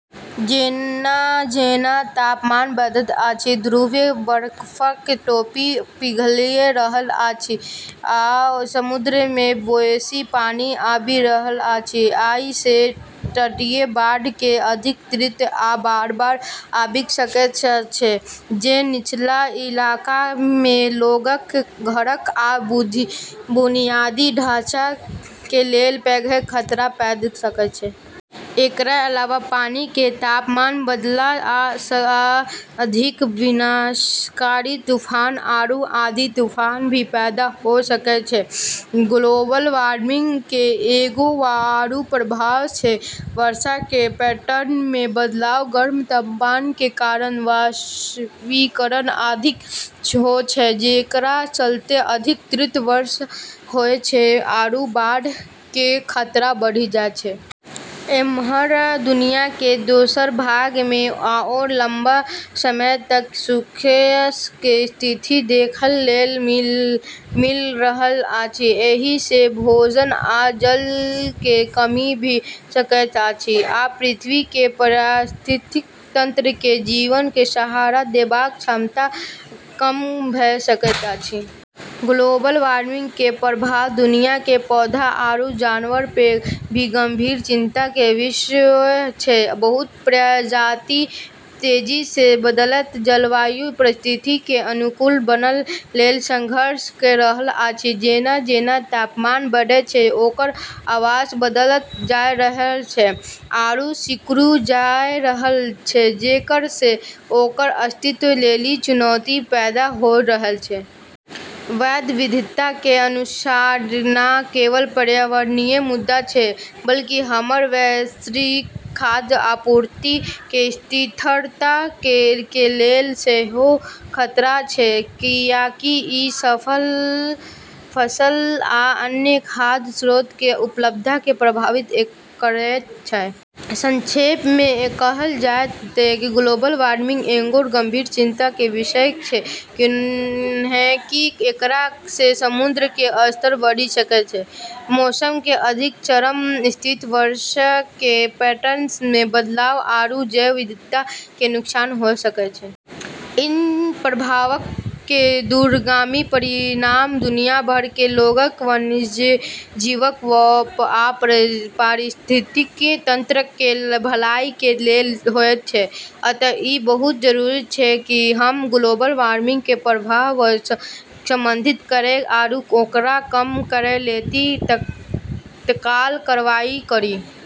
जेना-जेना तापमान बढ़ैत अछि, ध्रुवीय बर्फक टोपी पिघलि रहल अछि आ समुद्र मे बेसी पानि आबि रहल अछि। अइ सं तटीय बाढ़ के अधिक तीव्र आ बार-बार आबि सकै छै, जे निचला इलाकाक मे लोगक, घरक आ बुनियादी ढाँचा के लेल पैघ खतरा पैदा क सकै छै। एकरा अलावा पानी के तापमान बढ़ला स अधिक विनाशकारी तूफान आरू आंधी-तूफान भी पैदा होय सकै छै। ग्लोबल वार्मिंग के एगो आरू प्रभाव छै वर्षा के पैटर्न मे बदलाव। गर्म तापमान के कारण वाष्पीकरण अधिक होय छै, जेकरा चलतें अधिक तीव्र वर्षा होय छै आरू बाढ़ के खतरा बढ़ी जाय छै। एम्हर दुनिया के दोसर भाग मे आओर लंबा समय तक सूखा के स्थिति देखय लेल मिल रहल अछि। एहि सं भोजन आ जल के कमी भ सकैत अछि, आ पृथ्वी के पारिस्थितिकी तंत्र के जीवन के सहारा देबाक क्षमता कम भ सकैत अछि। ग्लोबल वार्मिंग के प्रभाव दुनिया के पौधा आरू जानवर प भी गंभीर चिंता के विषय छै। बहुत प्रजाति तेजी सं बदलैत जलवायु परिस्थिति के अनुकूल बनय लेल संघर्ष क रहल अछि। जेना-जेना तापमान बढ़ै छै, ओकर आवास बदलत जाय रहल छै आरू सिकुड़ी जाय रहल छै, जेकरा स ओकर अस्तित्व लेली चुनौती पैदा होय रहल छै। जैव विविधता के नुकसान न केवल पर्यावरणीय मुद्दा छै, बल्कि हमर वैश्विक खाद्य आपूर्ति के स्थिरता के लेल सेहो खतरा छै, कियाकि इ फसल आ अन्य खाद्य स्रोत के उपलब्धता के प्रभावित करएत छै। संक्षेप मे कहल जाय त ग्लोबल वार्मिंग एगो गंभीर चिंता के विषय छै, कैन्हेंकि एकरा स समुद्र के स्तर बढ़ी सकै छै, मौसम के अधिक चरम स्थिति, वर्षा के पैटर्न मे बदलाव, आरू जैव विविधता के नुकसान होय सकै छै। इ प्रभावक के दूरगामी परिणाम दुनिया भर के लोगक, वन्यजीवक आ पारिस्थितिकी तंत्रक के भलाई के लेल होयत छै। अतः ई बहुत जरूरी छै कि हम ग्लोबल वार्मिंग के प्रभाव क संबोधित करै आरू ओकरा कम करै लेली तत्काल कार्रवाई करी।